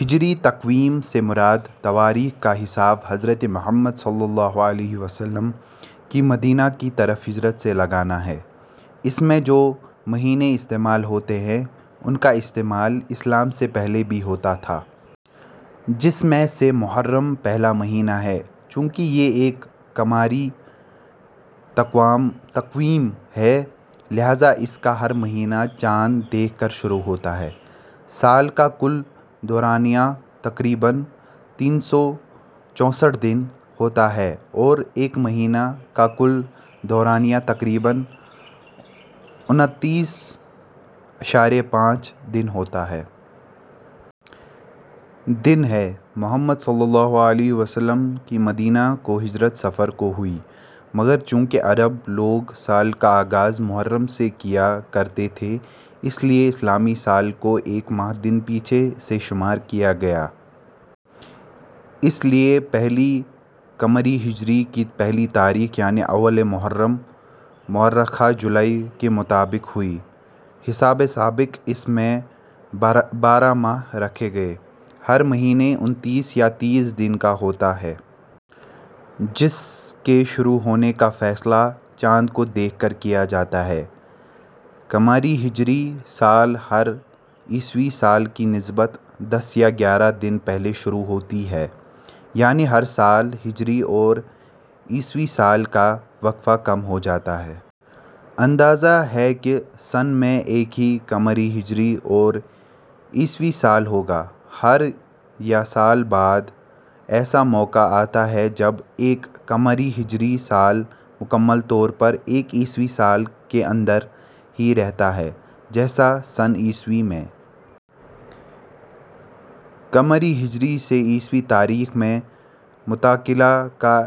ہجری تقویم سے مراد تواریخ کا حساب حضرت محمد صلی اللہ علیہ و آلہ وسلم کی مدینہ کی طرف ہجرت سے لگانا ہے۔ اس میں جو مہینے استعمال ہوتے ہیں ان کا استعمال اسلام سے پہلے بھی تھا۔ جس میں سے محرم پہلا مہینہ ہے۔ چونکہ ایک قمری تقویم ہے لہذا اس کا ہر مہینہ چاند کو دیکھ کر شروع ہوتا ہے۔ سال کا کل دورانیہ. دن اور ایک ماہ کا کل دورانیہ. دن ہے۔ محمد صلی اللہ علیہ و آلہ وسلم کی مدینہ کو ہجرت صفر کو ہوئی۔ مگر چونکہ عرب لوگ سال کا آغاز محرم سے کیا کرتے تھے اس لیے اسلامی سال کو ایک ماہ دن پیچھے سے شمارکیا گیا۔ اس لیے پہلی قمری ہجری کی پہلی تاریخ یعنی اول محرم مؤرخہ جولائی ء کے مطابق ہوئی۔ حسب سابق اس میں بارہ ماہ رکھے گئے۔ ہر مہینہ انتیس یا تیس دن کا ہوتا ہے۔ جس کے شروع ہونے کا فیصلہ چاند کو دیکھ کر کیا جاتا ہے۔ قمری ہجری سال ہر عیسوی سال کی نسبت دس یا گیارہ دن پہلے شروع ہوتا ہے یعنی ہر سال ہجری اور عیسوی سال کا وقفہ کم ہو جاتا ہے۔ اندازہ ہے کہ سن میں ایک ہی قمری ہجری اور عیسوی سال ہوگا۔ ہر یا سال بعد ایسا موقع آتا ہے جب ایک قمری ہجری سال مکمل طور پر ایک عیسوی سال کا اندر ہی رہتا ہے جیسا سن عیسوی میں۔ قمری ہجری سے عیسوی تاریخ میں منتقلی کا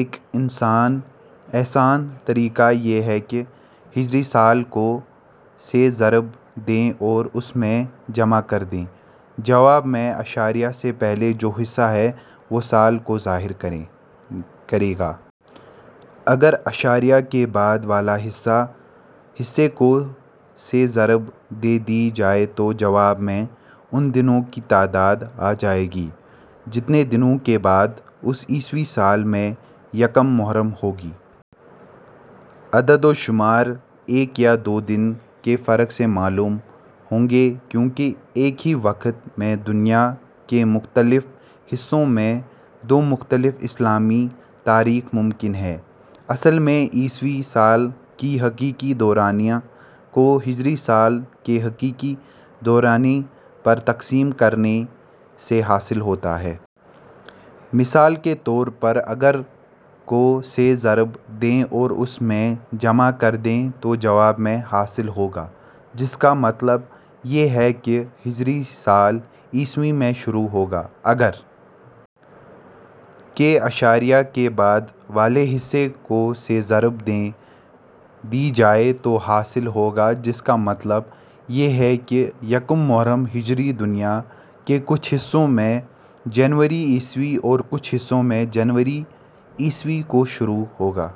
ایک آسان طریقہ یہ ہے کہ ہجری سال کو. سے ضرب دیں اور اس میں. جمع کر دیں۔ جواب میں اعشاریہ سے پہلے جو حصہ ہے وہ سال کو ظاہر کرے گا۔ اگر اعشاریہ کے بعد والے حصے کو سے ضرب دے دی جائے تو جواب میں ان دنوں کی تعداد آ جائے گی جتنے دنوں کے بعد اس عیسوی سال میں یکم محرم ہوگی۔ یہ اعداد و شمار ایک یا دو دن کے فرق سے معلوم ہوں گے کیونکہ ایک ہی وقت میں دنیا کے مختلف حصوں میں دو مختلف اسلامی تاریخیں ممکن ہیں۔. اصل میں عیسوی سال کے حقیقی دورانیہ کو ہجری سال کے حقیقی دورانیہ پرتقسیم کرنے سے حاصل ہوتا ہے۔ مثال کے طور پر اگر کو. سے ضرب دیں اور اس میں. جمع کر دیں تو جواب میں. حاصل ہوگا جس کا مطلب یہ ہے کہ ہجری سن عیسوی میں شروع ہوگا۔ اگر. کے اعشاریہ کے بعد والے حصے کو سے ضرب دی جائے تو حاصل ہوگا جس کا مطلب یہ ہے کہ یکم محرم ہجری دنیا کے کچھ حصوں میں جنوری عیسوی اور کچھ حصوں میں جنوری عیسوی کو شروع ہوگا۔